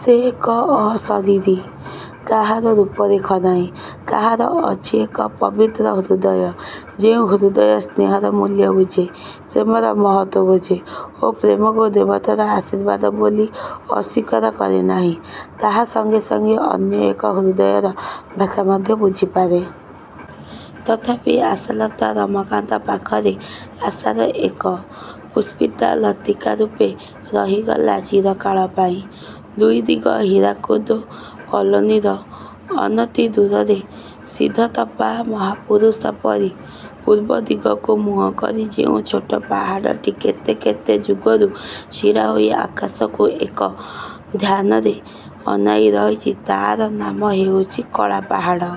ସେ ଏକ ଅଶରୀରୀ। ତାହାର ରୂପରେଖ ନାହିଁ। ତାହାର ଅଛି ଏକ ପବିତ୍ର ହୃଦୟ, ଯେଉଁ ହୃଦୟ ସ୍ନେହର ମୂଲ୍ୟ ବୁଝେ, ପ୍ରେମର ମହତ୍ତ୍ଵ ବୁଝେ ଓ ପ୍ରେମକୁ ଦେବତାର ଆଶୀର୍ବାଦ ବୋଲି ଅସ୍ୱୀକାର କରେନାହିଁ। ତାହା ସଙ୍ଗେ ସଙ୍ଗେ ଅନ୍ୟଏକ ହୃଦୟର ଭାଷା ମଧ୍ୟ ବୁଝିପାରେ। ତଥାପି ଆଶାଲତା ରମାକାନ୍ତ ପାଖରେ ଆଶାର ଏକ। ପୁଷ୍ପିତା ଲତିକାରୂପେ ରହିଗଲା ଚିରକାଳ ପାଇଁ। ଦୁଇ ଦିଗ ହୀରାକୁଦ କଲୋନିର ଅନତିଦୂରରେ ସିଦ୍ଧତପା ମହାପୁରୁଷ ପରି ପୂର୍ବଦିଗକୁ ମୁହଁକରି ଯେଉଁ ଛୋଟ ପାହାଡ଼ଟି କେତେକେତେ ଯୁଗରୁ ଛିଡ଼ାହୋଇ ଆକାଶକୁ ଏକ ଧ୍ୟାନରେ ଅନାଇ ରହିଛି ତା'ର ନାମ ହେଉଛି 'କଳାପାହାଡ଼'।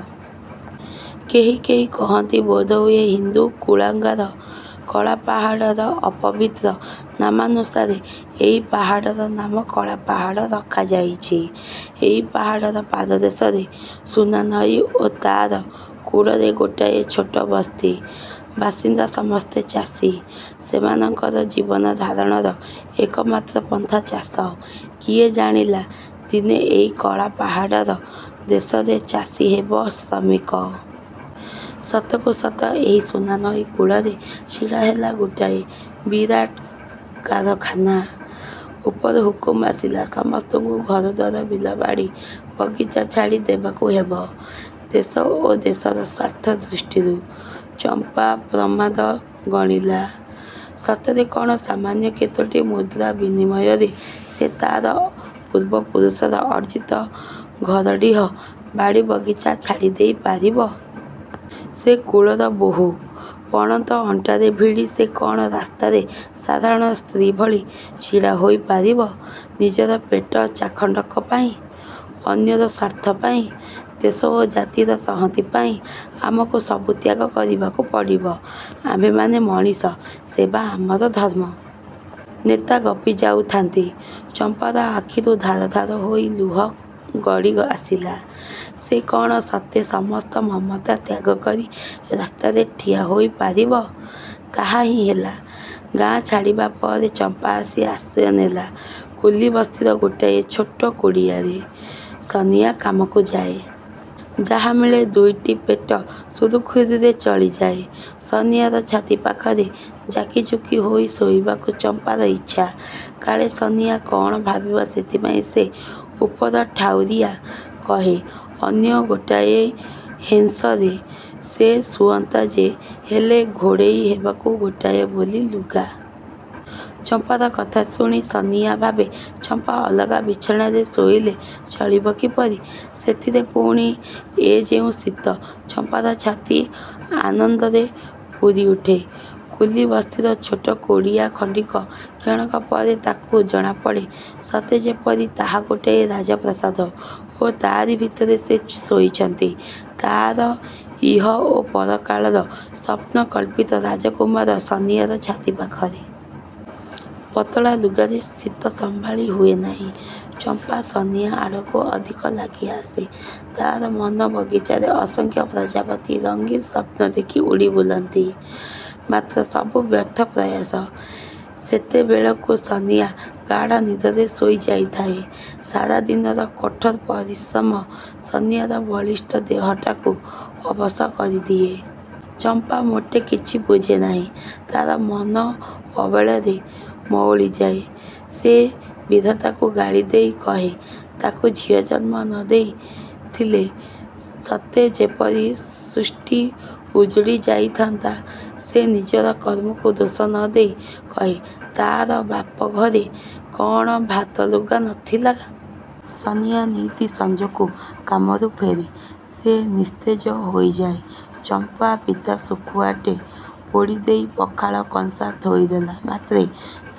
କେହି କେହି କହନ୍ତି ବୋଧହୁଏ ହିନ୍ଦୁ କୁଳାଙ୍ଗାର କଳାପାହାଡ଼ର ଅପବିତ୍ର ନାମାନୁସାରେ ଏହି ପାହାଡ଼ର ନାମ କଳାପାହାଡ଼ ରଖାଯାଇଛି। ଏହି ପାହାଡ଼ର ପାଦଦେଶରେ ସୁନାନଈ ଓ ତା'ର କୂଳରେ ଗୋଟିଏ ଛୋଟ ବସ୍ତି। ବାସିନ୍ଦା ସମସ୍ତେ ଚାଷୀ। ସେମାନଙ୍କର ଜୀବନଧାରଣର ଏକମାତ୍ର ପନ୍ଥା ଚାଷ। କିଏ ଜାଣିଥିଲା ଦିନେ ଏହି କଳାପାହାଡ଼ର ଦେଶରେ ଚାଷୀ ହେବ ଶ୍ରମିକ? ସତକୁ ସତ ଏହି ସୁନାନଈ କୂଳରେ ଛିଡ଼ାହେଲା ଗୋଟାଏ ବିରାଟ କାରଖାନା। ଉପରୁ ହୁକୁମ ଆସିଲା ସମସ୍ତଙ୍କୁ ଘରଦ୍ୱାର, ବିଲବାଡ଼ି, ବଗିଚା ଛାଡ଼ି ଦେବାକୁ ହେବ ଦେଶ ଓ ଦେଶର ସ୍ୱାର୍ଥ ଦୃଷ୍ଟିରୁ। ଚମ୍ପା ପ୍ରମାଦ ଗଣିଲା। ସତରେ କ'ଣ ସାମାନ୍ୟ କେତୋଟି ମୁଦ୍ରା ବିନିମୟରେ ସେ ତା'ର ପୂର୍ବପୁରୁଷର ଅର୍ଜିତ ଘରଡିହ, ବାଡ଼ିବଗିଚା ଛାଡ଼ିଦେଇ ପାରିବ? ସେ କୁଳର ବୋହୂ। ପଣତ ଅଣ୍ଟାରେ ଭିଡ଼ି ସେ କ'ଣ ରାସ୍ତାରେ ସାଧାରଣ ସ୍ତ୍ରୀ ଭଳି ଛିଡ଼ାହୋଇପାରିବ ନିଜର ପେଟ ଚାଖଣ୍ଡକ ପାଇଁ? ''ଅନ୍ୟର ସ୍ୱାର୍ଥ ପାଇଁ, ଦେଶ ଓ ଜାତିର ସଂହତି ପାଇଁ ଆମକୁ ସବୁ ତ୍ୟାଗ କରିବାକୁ ପଡ଼ିବ। ଆମ୍ଭେମାନେ ମଣିଷ। ସେବା ଆମର ଧର୍ମ। '' ନେତା ଗପିଯାଉଥାନ୍ତି। ଚମ୍ପାର ଆଖିରୁ ଧାର ଧାର ହୋଇ ଲୁହ ଗଡ଼ିଆସିଲା। ସେ କ'ଣ ସତେ ସମସ୍ତ ମମତା ତ୍ୟାଗକରି ରାସ୍ତାରେ ଠିଆ ହୋଇପାରିବ? ତାହାହିଁ ହେଲା। ଗାଁ ଛାଡ଼ିବାପରେ ଚମ୍ପା ଆସି ଆଶ୍ରୟ ନେଲା କୁଲିବସ୍ତିର ଗୋଟିଏ ଛୋଟ କୁଡ଼ିଆରେ। ସନିଆ କାମକୁ ଯାଏ। ଯାହା ମିଳେ ଦୁଇଟି ପେଟ ସୁରୁଖୁରୁରେ ଚଳିଯାଏ। ସନିଆର ଛାତି ପାଖରେ ଯାକିଯୁକି ହୋଇ ଶୋଇବାକୁ ଚମ୍ପାର ଇଚ୍ଛା। କାଳେ ସନିଆ କ'ଣ ଭାବିବ ସେଥିପାଇଁ ସେ ଉପରଠାଉରିଆ କହେ, ''ଅନ୍ୟ ଗୋଟିଏ ହେଁସରେ ସେ ଶୁଅନ୍ତା ଯେ ହେଲେ ଘୋଡ଼େଇ ହେବାକୁ ଗୋଟିଏ ବୋଲି ଲୁଗା। '' ଚମ୍ପାର କଥା ଶୁଣି ସନିଆ ଭାବେ ଚମ୍ପା ଅଲଗା ବିଛଣାରେ ଶୋଇଲେ ଚଳିବ କିପରି-? ସେଥିରେ ପୁଣି ଏ ଯେଉଁ ଶୀତ। ଚମ୍ପାର ଛାତି ଆନନ୍ଦରେ ପୂରିଉଠେ। କୁଲିବସ୍ତିର ଛୋଟ କୁଡ଼ିଆଖଣ୍ଡିକ କ୍ଷଣକପରେ ତାକୁ ଜଣାପଡ଼େ ସତେଯେପରି ତାହା ଗୋଟାଏ ରାଜପ୍ରାସାଦ ଓ ତାରି ଭିତରେ ସେ ଶୋଇଛି ତା'ର ଇହ ଓ ପରକାଳର ସ୍ୱପ୍ନକଳ୍ପିତ ରାଜକୁମାର ସନିଆର ଛାତି ପାଖରେ। ପତଳା ଲୁଗାରେ ଶୀତ ସମ୍ଭାଳି ହୁଏ ନାହିଁ। ଚମ୍ପା ସନିଆ ଆଡ଼କୁ ଅଧିକ ଲାଗିଆସେ। ତା'ର ମନ ବଗିଚାରେ ଅସଂଖ୍ୟ ପ୍ରଜାପତି ରଙ୍ଗିନ୍ ସ୍ୱପ୍ନଦେଖି ଉଡ଼ିବୁଲନ୍ତି। ମାତ୍ର ସବୁ ବ୍ୟର୍ଥ ପ୍ରୟାସ। ସେତେବେଳକୁ ସନିଆ ଗାଢ଼ନିଦରେ ଶୋଇଯାଇଥାଏ। ସାରାଦିନର କଠୋର ପରିଶ୍ରମ ସନିଆର ବଳିଷ୍ଠ ଦେହଟାକୁ ଅବଶ କରିଦିଏ। ଚମ୍ପା ମୋଟେ କିଛି ବୁଝେ ନାହିଁ। ତା'ର ମନ ଅବେଳରେ ମଉଳିଯାଏ। ସେ ବିଧାତାକୁ ଗାଳିଦେଇ କହେ ତାକୁ ଝିଅ ଜନ୍ମ ନ ଦେଇଥିଲେ ସତେଯେପରି ସୃଷ୍ଟି ଉଜୁଡ଼ି ଯାଇଥାନ୍ତା। ସେ ନିଜର କର୍ମକୁ ଦୋଷ ନ ଦେଇ କହେ ତା'ର ବାପଘରେ କ'ଣ ଭାତଲୁଗା ନ ଥିଲା? ସନିଆ ନିତି ସଞ୍ଜକୁ କାମରୁ ଫେରେ। ସେ ନିସ୍ତେଜ ହୋଇଯାଏ। ଚମ୍ପା ପିତାଶୁଖୁଆଟେ ପୋଡ଼ିଦେଇ ପଖାଳ କଂସା ଥୋଇଦେଲା ମାତ୍ରେ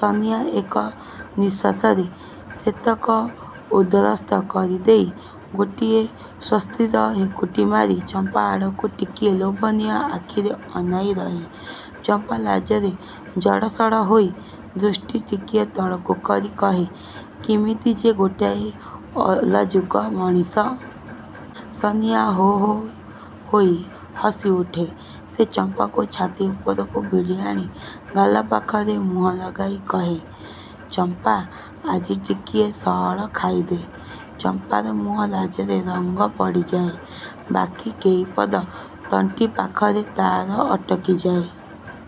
ସନିଆ ଏକ ନିଶ୍ୱାସରେ ସେତକ ଉଦରସ୍ଥ କରିଦେଇ ଗୋଟିଏ ସ୍ୱସ୍ତିର ହେକୁଟି ମାରି ଚମ୍ପା ଆଡ଼କୁ ଟିକିଏ ଲୋଭନୀୟ ଆଖିରେ ଅନାଇ ରହେ। ଚମ୍ପା ଲାଜରେ ଜଡ଼ ସଡ଼ ହୋଇ ଦୃଷ୍ଟି ଟିକିଏ ତଳକୁ କରି କହେ ''କିମିତି ଯେ ଗୋଟାଏ ଅଲାଜୁକ ମଣିଷ। '' ସନିଆ ହୋହୋ ହୋଇ ହସିଉଠେ। ସେ ଚମ୍ପାକୁ ଛାତି ଉପରକୁ ଭିଡ଼ିଆଣି ଗାଲପାଖରେ ମୁହଁ ଲଗାଇ କହେ ''ଚମ୍ପା ଆଜି ଟିକିଏ ସଅଳ ଖାଇଦେ। '' ଚମ୍ପାର ମୁହଁ ଲାଜରେ ରଙ୍ଗ ପଡ଼ି ଯାଏ। '' ବାକି କେଇପଦ ତଣ୍ଟିପାଖରେ ତା'ର ଅଟକି ଯାଏ।